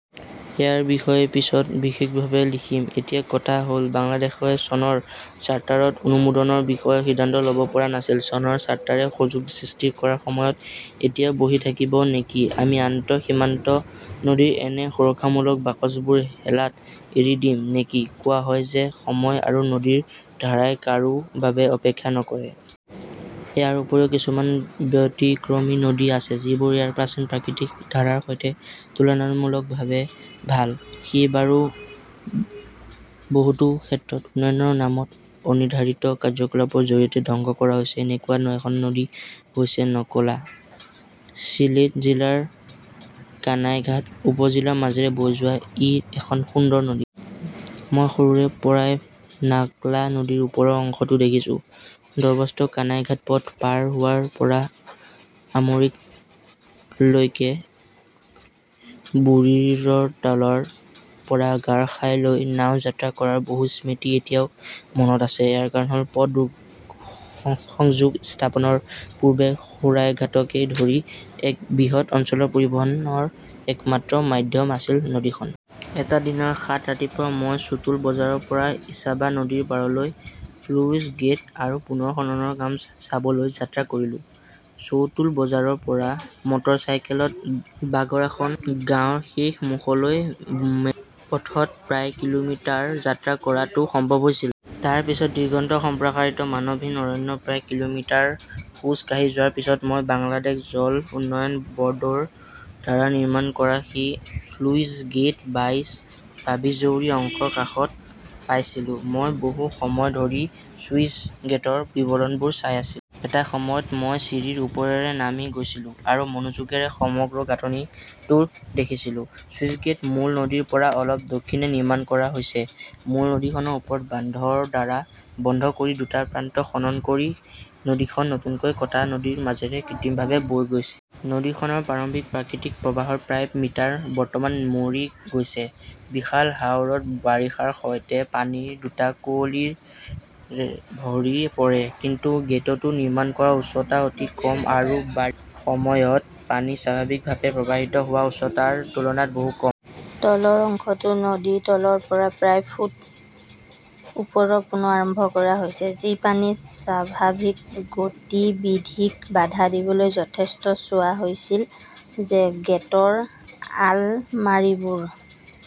ইয়াৰ বিষয়ে পিছত বিশেষভাৱে লিখিম। এতিয়া কথা হ 'ল-বাংলাদেশই চনৰ চাৰ্টাৰত অনুমোদনৰ বিষয়ে সিদ্ধান্ত ল'ব পৰা নাছিল। চনৰ চাৰ্টাৰে সুযোগ সৃষ্টি কৰাৰ সময়ত এতিয়াও বহি থাকিব নেকি আমি আন্তঃসীমান্ত নদীৰ এনে সুৰক্ষামূলক বাকচবোৰ হেলাত এৰি দিম নেকি কোৱা হয় যে সময় আৰু নদীৰ ধাৰাই কাৰো বাবে অপেক্ষা নকৰে। ইয়াৰ উপৰিও কিছুমান ব্যতিক্ৰমী নদী আছে যিবোৰ ইয়াৰ প্ৰাচীন প্ৰাকৃতিক ধাৰাৰ সৈতে তুলনামূলকভাৱে ভাল। সেইবাৰো বহুতো ক্ষেত্ৰত উন্নয়নৰ নামত অনিৰ্ধাৰিত কাৰ্যকলাপৰ জৰিয়তে ধ্বংস কৰা হৈছে। এনেকুৱা এখন নদী হৈছে নকলা। ছিলেট জিলাৰ কানাইঘাট উপ-জিলাৰ মাজেৰে বৈ যোৱা ই এখন সুন্দৰ নদী। মই সৰুৰে পৰাই নাক্লা নদীৰ ওপৰৰ অংশটো দেখিছোঁ, দৰ্বস্ত-কানাইঘাট পথ পাৰ হোৱাৰ পৰা আমৰিকললৈকে। বুৰিৰতালৰ পৰা গাৰখাইলৈ নাও যাত্ৰা কৰাৰ বহু স্মৃতি এতিয়াও মনত আছে। ইয়াৰ কাৰণ হ’ল, পথ সংযোগ স্থাপনৰ পূৰ্বে সুৰাইঘাটকে ধৰি এক বৃহৎ অঞ্চলৰ পৰিবহণৰ একমাত্ৰ মাধ্যম আছিল নদীখন। এটা দিনৰ সাত ৰাতিপুৱা মই চুটুল বজাৰৰ পৰা ইসাবা নদীৰ পাৰলৈ স্লুইচগেট আৰু পুনৰ খননৰ কাম চাবলৈ যাত্ৰা কৰিলো। চৌটুল বজাৰৰ পৰা মটৰচাইকেলত বাগৰাগন গাঁৱৰ শেষ মুখলৈ মেথোপথত প্ৰায় কিলোমিটাৰ যাত্ৰা কৰাটো সম্ভৱ হৈছিল। তাৰ পিছত দিগন্ত-সম্প্ৰসাৰিত মানৱহীন অৰণ্যত প্ৰায় কিলোমিটাৰ খোজ কাঢ়ি যোৱাৰ পিছত মই বাংলাদেশ জল উন্নয়ন বৰ্ডৰ দ্বাৰা নিৰ্মাণ কৰা সেই 'স্লুইছগেট বাইছ-পাবিজৌৰী অংশৰ কাষত পাইছিলো। মই বহু সময় ধৰি স্লুইছগেটৰ বিৱৰণবোৰ চাই আছিলো। এটা সময়ত মই চিৰিৰ ওপৰেৰে নামি গৈছিলো আৰু মনোযোগৰে সমগ্ৰ গাঁথনিটো দেখিছিলোঁ। স্লুইছগেট মূল নদীৰ পৰা অলপ দক্ষিণে নিৰ্মাণ কৰা হৈছে। মূল নদীখনৰ ওপৰত বান্ধৰ দ্বাৰা বন্ধ কৰি দুটা প্ৰান্ত খনন কৰি নদীখন নতুনকৈ কটা নদীৰ মাজেৰে কৃত্ৰিমভাৱে বৈ গৈছে। নদীখনৰ প্ৰাৰম্ভিক প্ৰাকৃতিক প্ৰৱাহৰ প্ৰায় মিটাৰ বৰ্তমান মৰি গৈছে। বিশাল হাওৰত বাৰিষাৰ বতৰত পানীৰ দুটা কুঁৱলী ভৰি পৰে। কিন্তু গেটটো নিৰ্মাণ কৰা উচ্চতা অতি কম আৰু বাৰিষাৰ সময়ত পানী স্বাভাৱিকভাৱে প্ৰৱাহিত হোৱা উচ্চতাৰ তুলনাত বহু কম। তলৰ অংশটো নদীৰ তলৰ পৰা প্ৰায় ফুট ওপৰত পুনৰ আৰম্ভ কৰা হৈছে, যি পানীৰ স্বাভাৱিক গতিবিধিক বাধা দিবলৈ যথেষ্ট। চোৱা হৈছিল যে গেটৰ আলমাৰীবোৰ